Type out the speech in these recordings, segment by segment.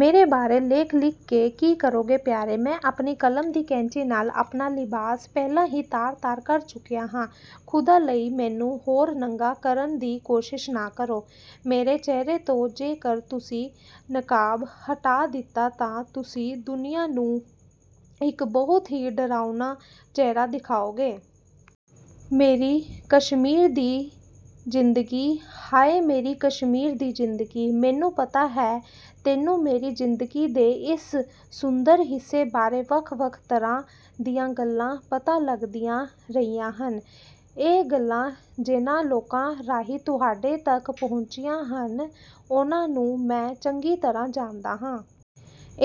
ਮੇਰੇ ਬਾਰੇ ਲੇਖ ਲਿਖ ਕੇ ਕੀ ਕਰੋਗੇ ਪਿਆਰੇ! ਮੈਂ ਆਪਣੀ ਕਲਮ ਦੀ ਕੈਂਚੀ ਨਾਲ਼ ਆਪਣਾ ਲਿਬਾਸ ਪਹਿਲਾਂ ਹੀ ਤਾਰ-ਤਾਰ ਕਰ ਚੁੱਕਿਆ ਹਾਂ। ਖ਼ੁਦਾ ਲਈ ਮੈਨੂੰ ਹੋਰ ਨੰਗਾ ਕਰਨ ਦੀ ਕੋਸ਼ਿਸ਼ ਨਾ ਕਰੋ। ਮੇਰੇ ਚਿਹਰੇ ਤੋਂ ਜੇਕਰ ਤੁਸੀਂ ਨਕਾਬ ਹਟਾ ਦਿੱਤਾ ਤਾਂ ਤੁਸੀਂ ਦੁਨੀਆ ਨੂੰ ਇੱਕ ਬਹੁਤ ਹੀ ਡਰਾਉਣਾ ਚਿਹਰਾ ਦਿਖਾਓਗੇ। ਮੇਰੀ ਕਸ਼ਮੀਰ ਦੀ ਜ਼ਿੰਦਗੀ, ਹਾਏ ਮੇਰੀ ਕਸ਼ਮੀਰ ਦੀ ਜ਼ਿੰਦਗੀ! ਮੈਨੂੰ ਪਤਾ ਹੈ ਤੈਨੂੰ ਮੇਰੀ ਜ਼ਿੰਦਗੀ ਦੇ ਇਸ ਸੁੰਦਰ ਹਿੱਸੇ ਬਾਰੇ ਵੱਖ-ਵੱਖ ਤਰ੍ਹਾਂ ਦੀਆਂ ਗੱਲਾਂ ਪਤਾ ਲੱਗਦੀਆਂ ਰਹੀਆਂ ਹਨ। ਇਹ ਗੱਲਾਂ ਜਿਨ੍ਹਾਂ ਲੋਕਾਂ ਰਾਹੀਂ ਤੁਹਾਡੇ ਤੱਕ ਪਹੁੰਚਆਂ ਹਨ, ਉਨ੍ਹਾਂ ਨੂੰ ਮੈਂ ਚੰਗੀ ਤਰ੍ਹਾਂ ਜਾਣਦਾ ਹਾਂ।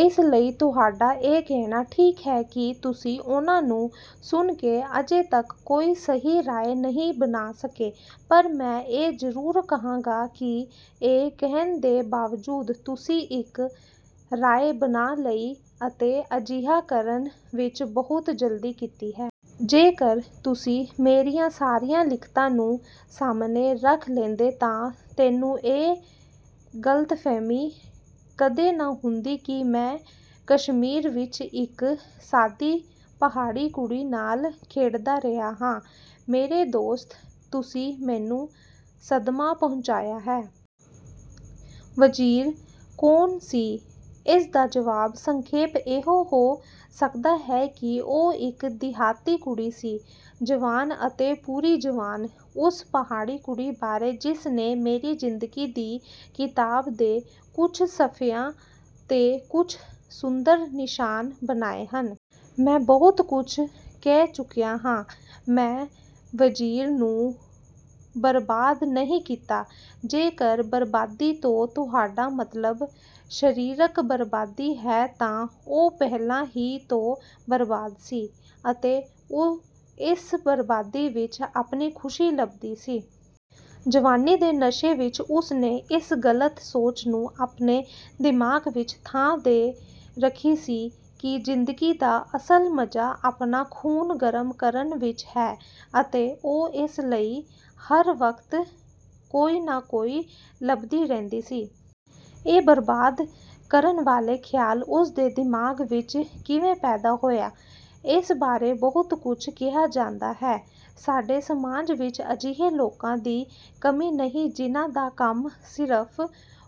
ਇਸ ਲਈ ਤੁਹਾਡਾ ਇਹ ਕਹਿਣਾ ਠੀਕ ਹੈ ਕਿ ਤੁਸੀਂ ਉਨ੍ਹਾਂ ਨੂੰ ਸੁਣ ਕੇ ਅਜੇ ਤੱਕ ਕੋਈ ਸਹੀ ਰਾਏ ਨਹੀਂ ਬਣਾ ਸਕੇ। ਪਰ ਮੈਂ ਇਹ ਜ਼ਰੂਰ ਕਹਾਂਗਾ ਕਿ ਇਹ ਕਹਿਣ ਦੇ ਬਾਵਜੂਦ ਤੁਸੀਂ ਇੱਕ ਰਾਏ ਬਣਾ ਲਈ ਅਤੇ ਅਜਿਹਾ ਕਰਨ ਵਿੱਚ ਬਹੁਤ ਜਲਦੀ ਕੀਤੀ ਹੈ। ਜੇਕਰ ਤੁਸੀਂ ਮੇਰੀਆਂ ਸਾਰੀਆਂ ਲਿਖਤਾਂ ਨੂੰ ਸਾਹਮਣੇ ਰੱਖ ਲੈਂਦੇ ਤਾਂ ਤੈਨੂੰ ਇਹ ਗਲਤਫਹਿਮੀ ਕਦੇ ਨਾ ਹੁੰਦੀ ਕਿ ਮੈਂ ਕਸ਼ਮੀਰ ਵਿੱਚ ਇੱਕ ਸਾਦੀ ਪਹਾੜੀ ਕੁੜੀ ਨਾਲ਼ ਖੇਡਦਾ ਰਿਹਾ ਹਾਂ। ਮੇਰੇ ਦੋਸਤ ਤੁਸੀਂ ਮੈਨੂੰ ਸਦਮਾ ਪਹੁੰਚਾਇਆ ਹੈ। ਵਜ਼ੀਰ ਕੌਣ ਸੀ? ਇਸਦਾ ਜਵਾਬ ਸੰਖੇਪ ਇਹੀ ਹੋ ਸਕਦਾ ਹੈ ਕਿ ਉਹ ਇੱਕ ਦਿਹਾਤੀ ਕੁੜੀ ਸੀ। ਜਵਾਨ ਅਤੇ ਪੂਰੀ ਜਵਾਨ! ਉਸ ਪਹਾੜੀ ਕੁੜੀ ਬਾਰੇ ਜਿਸ ਨੇ ਮੇਰੀ ਜ਼ਿੰਦਗੀ ਦੀ ਕਿਤਾਬ ਦੇ ਕੁੱਝ ਸਫਿਆਂ ਤੇ ਕੁਝ ਸੁੰਦਰ ਨਿਸ਼ਾਨ ਬਣਾਏ ਹਨ। ਮੈਂ ਬਹੁਤ ਕੁੱਝ ਕਹਿ ਚੁੱਕਿਆ ਹਾਂ। ਮੈਂ ਵਜ਼ੀਰ ਨੂੰ ਬਰਬਾਦ ਨਹੀਂ ਕੀਤਾ। ਜੇਕਰ 'ਬਰਬਾਦੀ' ਤੋਂ ਤੁਹਾਡਾ ਮਤਲਬ 'ਸਰੀਰਕ ਬਰਬਾਦੀ' ਹੈ ਤਾਂ ਉਹ ਪਹਿਲਾਂ ਹੀ ਤੋਂ ਬਰਬਾਦ ਸੀ, ਅਤੇ ਉਹ ਇਸ ਬਰਬਾਦੀ ਵਿੱਚ ਆਪਣੀ ਖ਼ੁਸ਼ੀ ਲੱਭਦੀ ਸੀ। ਜਵਾਨੀ ਦੇ ਨਸ਼ੇ ਵਿੱਚ ਉਸਨੇ ਇਸ ਗ਼ਲਤ ਸੋਚ ਨੂੰ ਆਪਣੇ ਦਿਮਾਗ਼ ਵਿੱਚ ਥਾਂ ਦੇ ਰੱਖੀ ਸੀ ਕਿ ਜ਼ਿੰਦਗੀ ਦਾ ਅਸਲ ਮਜ਼ਾ ਆਪਣਾ ਖ਼ੂਨ ਗਰਮ ਕਰਨ ਵਿੱਚ ਹੈ, ਅਤੇ ਉਹ ਇਸ ਲਈ ਹਰ ਵਕਤ ਕੋਈ ਨਾ ਕੋਈ ਲੱਭਦੀ ਰਹਿੰਦੀ ਸੀ। ਇਹ ਬਰਬਾਦ ਕਰਨ ਵਾਲੇ ਖਿਆਲ ਉਸਦੇ ਦਿਮਾਗ਼ ਵਿੱਚ ਕਿਵੇਂ ਪੈਦਾ ਹੋਇਆ, ਇਸ ਬਾਰੇ ਬਹੁਤ ਕੁੱਝ ਕਿਹਾ ਜਾਂਦਾ ਹੈ। ਸਾਡੇ ਸਮਾਜ ਵਿੱਚ ਅਜਿਹੇ ਲੋਕਾਂ ਦੀ ਕਮੀ ਨਹੀਂ ਜਿਨ੍ਹਾਂ ਦਾ ਕੰਮ ਸਿਰਫ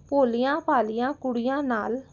ਭੋਲੀਆਂ-ਭਾਲੀਆਂ ਲੜਕੀਆਂ ਨਾਲ